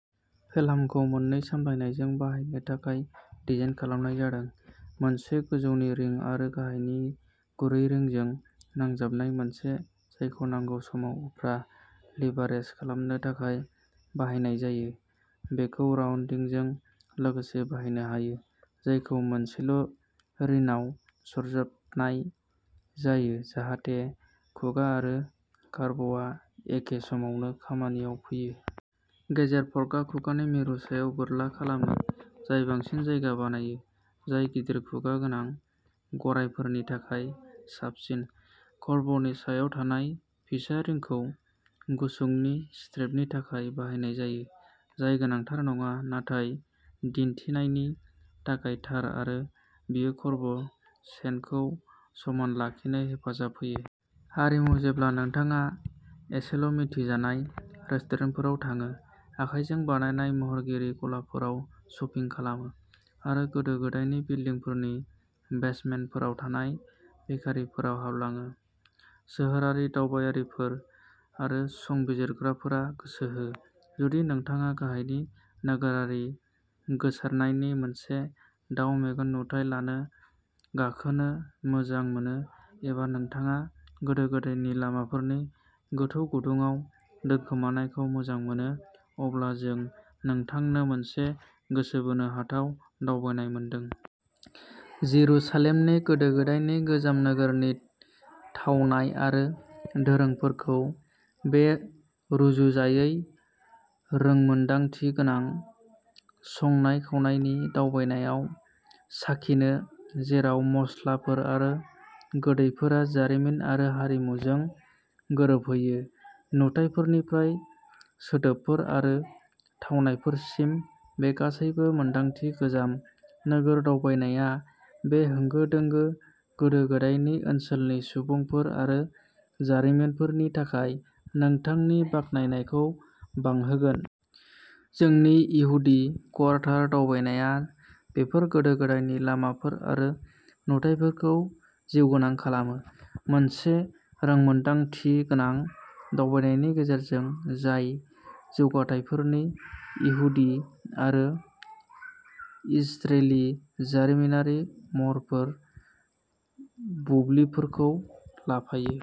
पेलहामखौ मोननै सामलायनायजों बाहायनो थाखाय डिजाइन खालामनाय जादों, मोनसे गोजौनि रिं आरो गाहायनि गुरै रिं जों नांजाबनाय मोनसे, जायखौ नांगौ समाव उफ्रा लिभारेज खालामनो थाखाय बाहायनाय जायो। बेखौ राउन्दिंजों लोगोसे बाहायनो हायो, जायखौ मोनसेल'रिनाव सरजाबनाय जायो, जाहाथे खुगा आरो कर्बआ एखे समावनो खामानियाव फैयो। गेजेर पर्टआ खुगानि मिरु सायाव बोरला खालामो, जाय बांसिन जायगा बानायो, जाय गिदिर खुगा गोनां गरायफोरनि थाखाय साबसिन। कर्बनि सायाव थानाय फिसा रिंखौ गुसुंनि स्ट्रेपनि थाखाय बाहायनाय जायो, जाय गोनांथार नङा नाथाय दिन्थिनायनि थाखाय थार आरो बेयो कर्ब चेनखौ समान लाखिनो हेफाजाब होयो। हारिमु जेब्ला नोंथाङा इसेल'मिथिजानाय रेस्टुरेन्टफोराव थाङो, आखाइजों बानायनाय महरगिरि गलाफोराव शपिं खालामो, आरो गोदो-गोदायनि बिल्डिंफोरनि बेसमेन्टफोराव थानाय बेकारिफोराव हाबलाङो। सोहोरारि दावबायारिफोर आरो संजिरग्राफोरा गोसो हो! जुदि नोंथाङा गाहायनि नोगोरारि गोसारनायनि मोनसे दाउ मेगन नुथाय लानो गाखोनो मोजां मोनो एबा नोंथाङा गोदो-गोदायनि लामाफोरनि गोथौ गुदुङाव दोनखोमानायखौ मोजां मोनो, अब्ला जों नोंथांनो मोनसे गोसो बोनो हाथाव दावबायनाय मोनदों! जेरुसालेमनि गोदो-गोदायनि गोजाम नोगोरनि थावनाय आरो दोरोंफोरखौ बे रुजुजायै रोंमोनदांथिगोनां संनाय-खावनायनि दावबायनायाव साखिनो, जेराव मस्लाफोर आरो गोदैफोरा जारिमिन आरो हारिमुजों गोरोबहैयो। नुथायफोरनिफ्राय सोदोबफोर आरो थावनायफोरसिम, बे गासैबो-मोनदांथि गोजाम नोगोर दावबायनायआ बे होंगो-दोंगो, गोदो-गोदायनि ओनसोलनि सुबुंफोर आरो जारिमिनफोरनि थाखाय नोंथांनि बाखनायनायखौ बांहोगोन। जोंनि इहुदि क्वार्टार दावबायनाया बेफोर गोदो-गोदायनि लामाफोर आरो नुथाइफोरखौ जिउगोनां खालामो, मोनसे रोंमोनदांथिगोनां दावबायनायनि गेजेरजों, जाय जौथायफोरनि इहुदि आरो इजरेलि जारिमिनारि महरफोर आरो बुब्लिफोरखौ लाफायो।